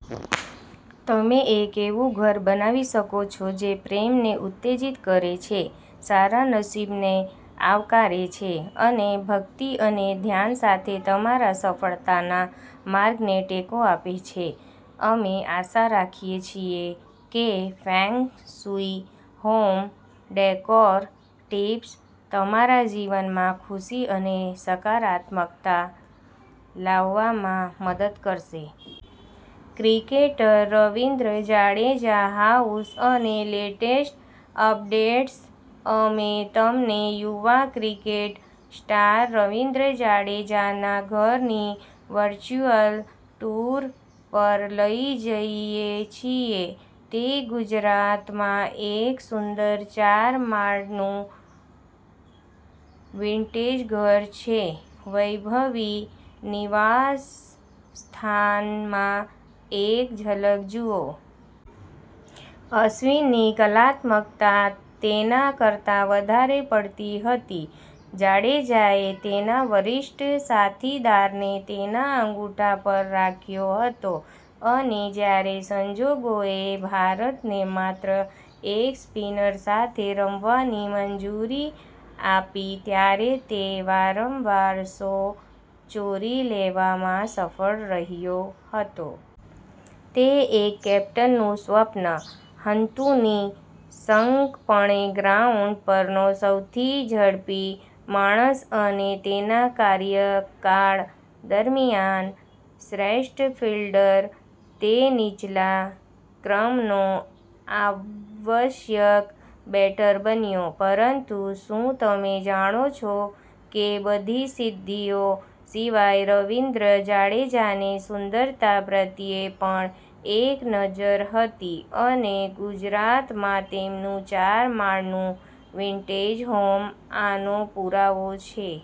તમે એક એવું ઘર બનાવી શકો છો જે પ્રેમને ઉત્તેજિત કરે છે, સારા નસીબને આવકારે છે અને ભક્તિ અને ધ્યાન સાથે તમારા સફળતાના માર્ગને ટેકો આપે છે. અમે આશા રાખીએ છીએ feng shui home decor tips તમારા જીવનમાં ખુશી અને સકારાત્મકતા લાવવામાં મદદ કરશે. ક્રિકેટર રવિન્દ્ર જાડેજા હાઉસ અને લેટેસ્ટ અપડેટ્સ અમે તમને યુવા ક્રિકેટ સ્ટાર રવિન્દ્ર જાડેજાના ઘરની વર્ચ્યુઅલ ટૂર પર લઈ જઈએ છીએ. તે ગુજરાતમાં એક સુંદર ચાર માળનું વિન્ટેજ ઘર છે. વૈભવી નિવાસસ્થાનમાં એક ઝલક જુઓ. અશ્વિનની કલાત્મકતા તેના કરતા વધારે પડતી હતી, જાડેજાએ તેના વરિષ્ઠ સાથીદારને તેના અંગૂઠા પર રાખ્યો હતો અને જ્યારે સંજોગોએ ભારતને માત્ર એક સ્પિનર સાથે રમવાની મંજૂરી આપી ત્યારે તે વારંવાર શો ચોરી લેવામાં સફળ રહ્યો હતો. તે એક કેપ્ટનનું સ્વપ્ન હતુંનિઃશંકપણે ગ્રાઉન્ડ પરનો સૌથી ઝડપી માણસ અને તેના કાર્યકાળ દરમિયાન શ્રેષ્ઠ ફિલ્ડર, તે નીચલા ક્રમનો આવશ્યક બેટર બન્યો. પરંતુ શું તમે જાણો છો કેબધી સિદ્ધિઓ સિવાય રવિન્દ્ર જાડેજાને સુંદરતા પ્રત્યે પણ એક નજર હતી અને ગુજરાતમાં તેમનું ચાર માળનું વિન્ટેજ હોમ આનો પુરાવો છે?